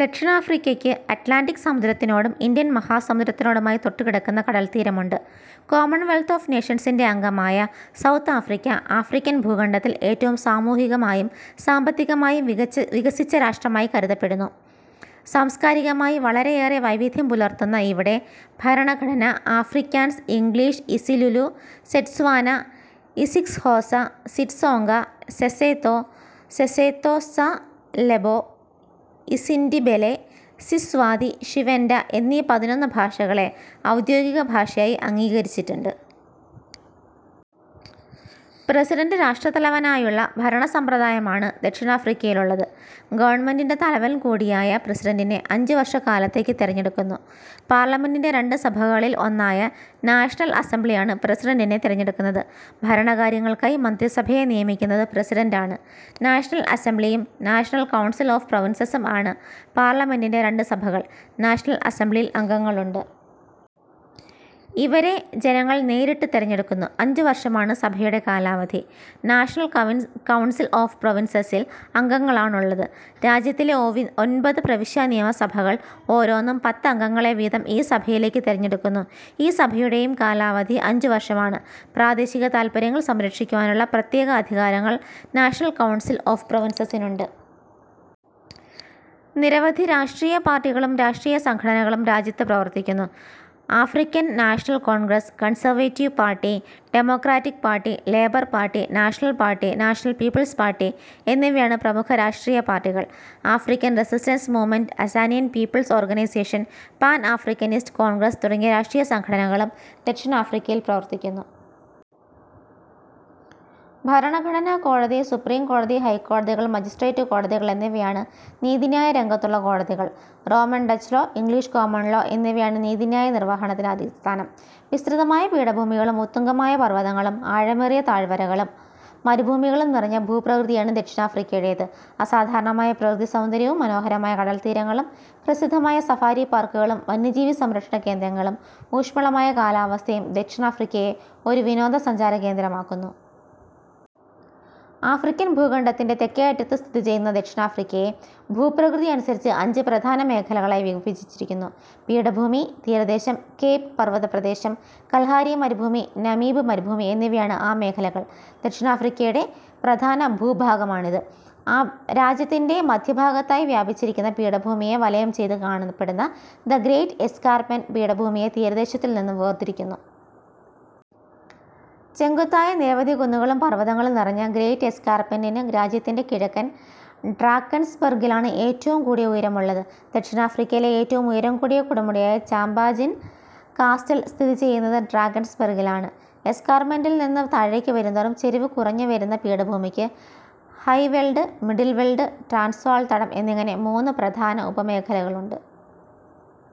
ദക്ഷിണാഫിക്കയ്ക്ക് Atlantic സമുദ്രത്തിനോടും Indian മഹാസമുദ്രത്തിനോടുമായി തൊട്ടുകിടക്കുന്ന കടൽത്തീരമുണ്ട് കോമൺവെൽത്ത് ഓഫ് നേഷൻസിന്റെ അംഗമായ സൗത്ത് ആഫ്രിക്ക, ആഫ്രിക്കൻ ഭൂഖണ്ഡത്തിൽ ഏറ്റവും സാമൂഹികമായും സാമ്പത്തികമായും വികസിച്ച രാഷ്ട്രമായി കരുതപ്പെടുന്നു. സാംസ്കാരികമായി വളരേയേറെ വൈവിധ്യം പുലർത്തുന്ന് ഇവിടെ ഭരണഘടന Afrikaans, English, isiZulu, Setswana isiXhosa, Xitsonga, Sesotho, Sesotho sa Leboa, isiNdebele, Siswati, Xivenda, എന്നീ പതിനൊന്ന് ഭാഷകളെ ഔദ്യോഗികഭാഷയായി അംഗീകരിച്ചിട്ടുണ്ട്. പ്രസിഡന്റ് രാഷ്ട്രത്തലവനായുള്ള ഭരണസമ്പ്രദായമാണ് ദക്ഷിണാഫ്രിക്കയിലുള്ളത്. ഗവണ്മെന്റിന്റെ തലവൻകൂടിയായ പ്രസിഡന്റിനെ അഞ്ചുവർഷക്കാലത്തേക്കു തെരഞ്ഞെടുക്കുന്നു. പാർലമെന്റിന്റെ രണ്ട് സഭകളിൽ ഒന്നായ നാഷണൽ അസംബ്ലിയാണ് പ്രസിഡന്റിനെ തെരഞ്ഞെടുക്കുന്നത്. ഭരണ കാര്യങ്ങൾക്കായി മന്ത്രിസഭയെ നിയമിക്കുന്നത് പ്രസിഡന്റാണ്. നാഷണൽ അസംബ്ലിയും നാഷണൽ കൗൺസിൽ ഒഫ് പ്രോവിൻസസും ആണ് പാർലമെന്റിന്റെ രണ്ട് സഭകൾ. നാഷണൽ അസംബ്ളിയിൽ അംഗങ്ങളുണ്ട്. ഇവരെ ജനങ്ങൾ നേരിട്ട് തെരഞ്ഞെടുക്കുന്നു. അഞ്ചുവർഷമാണ് സഭയുടെ കാലാവധി. നാഷണൽ കൌൺസിൽ ഒഫ് പ്രോവിൻസസിൽ അംഗങ്ങളാണുള്ളത്. രാജ്യത്തിലെ ഒൻപത് പ്രവിശ്യാനിയമസഭകൾ ഓരോന്നും പത്ത് അംഗങ്ങളെ വീതം ഈ സഭയിലേക്കു തെരഞ്ഞെടുക്കുന്നു. ഈ സഭയുടെയും കാലാവധി അഞ്ചുവർഷമാണ്. പ്രാദേശിക താത്പര്യങ്ങൾ സംരക്ഷിക്കുവാനുള്ള പ്രത്യേക അധികാരങ്ങൾ നാഷണൽ കൌൺസിൽ ഒഫ് പ്രോവിൻസസിനുണ്ട്. നിരവധി രാഷ്ട്രീയ പാർട്ടികളും രാഷ്ട്രീയ സംഘടനകളും രാജ്യത്ത് പ്രവർത്തിക്കുന്നു. African National Congress, Conservative Party, Democratic Party, Labour Party, National Party, National People's Party എന്നിവയാണ് പ്രമുഖ രാഷ്ട്രീയ പാർട്ടികൾ. African Resistance Movement, Azanian People's Organisation, Pan Africanist Congress തുടങ്ങിയ രാഷ്ട്രീയ സംഘടനകളും ദക്ഷിണാഫ്രിക്കയിൽ പ്രവർത്തിക്കുന്നു. ഭരണഘടനാ കോടതി, സുപ്രീം കോടതി, ഹൈക്കോടതികൾ, മജിസ്റ്റ്രേറ്റ് കോടതികൾ എന്നിവയാണ് നീതിന്യായരംഗത്തുള്ള കോടതികൾ. Roman Dutch law, English common law എന്നിവയാണ് നീതിന്യായ നിർവഹണത്തിന് അടിസ്ഥാനം. വിസ്തൃതമായ പീഠഭൂമികളും ഉത്തുംഗമായ പർവതങ്ങളും ആഴമേറിയ താഴ്വരകളും മരുഭൂമികളും നിറഞ്ഞ ഭൂപ്രകൃതിയാണ് ദക്ഷിണാഫ്രിക്കയുടേത്. അസാധാരണമായ പ്രകൃതിസൗന്ദര്യവും മനോഹരമായ കടൽത്തീരങ്ങളും പ്രസിദ്ധമായ സഫാരി പാർക്കുകളും വന്യജീവി സംരക്ഷണകേന്ദ്രങ്ങളും ഊഷ്മളമായ കാലാവസ്ഥയും ദക്ഷിണാഫ്രിക്കയെ ഒരു വിനോദസഞ്ചാരകേന്ദ്രമാക്കുന്നു. ആഫ്രിക്കൻ ഭൂഖണ്ഡത്തിന്റെ തെക്കേയറ്റത്തു സ്ഥിതിചെയ്യുന്ന ദക്ഷിണാഫ്രിക്കയെ ഭൂപ്രകൃതിയനുസരിച്ച് അഞ്ച് പ്രധാന മേഖലകളായി വിഭജിച്ചിരിക്കുന്നു. പീഠഭൂമി, തീരദേശം, കേപ് പർവതപ്രദേശം, കൽഹാരി മരുഭൂമി, നമീബ് മരുഭൂമി എന്നിവയാണ് ആ മേഖലകൾ. ദക്ഷിണാഫ്രിക്കയുടെ പ്രധാന ഭൂഭാഗമാണിത്. രാജ്യത്തിന്റെ മധ്യഭാഗത്തായി വ്യാപിച്ചിരിക്കുന്ന പീഠഭൂമിയെ വലയംചെയ്തു കാണപ്പെടുന്ന 'ദ് ഗ്രെയ്റ്റ് എസ്കാർപ്മെന്റ്' പീഠഭൂമിയെ തീരദേശത്തിൽനിന്നു വേർതിരിക്കുന്നു. ചെങ്കുത്തായ നിരവധി കുന്നുകളും പർവതങ്ങളും നിറഞ്ഞ ഗ്രെയ്റ്റ് എസ്കാർപ്മെന്റിന് രാജ്യത്തിന്റെ കിഴക്കൻ ഡ്രാക്കൻസ്ബർഗിലാണ് ഏറ്റവും കൂടിയ ഉയരം ഉള്ളത്. ദക്ഷിണാഫ്രിക്കയിലെ ഏറ്റവും ഉയരം കൂടിയ കൊടുമുടിയായ ചാമ്പാജിൻ കാസ്റ്റൽ സ്ഥിതിചെയ്യുന്നത് ഡ്രാക്കൻസ്ബർഗിലാണ്. എസ്കാർപ്മെന്റിൽ നിന്ന് താഴേക്കു വരുന്തോറും ചരിവ് കുറഞ്ഞുവരുന്ന പീഠഭൂമിക്ക് Highveld, Middleveld, Transvaal തടം എന്നിങ്ങനെ മൂന്ന് പ്രധാന ഉപമേഖലകളുണ്ട്.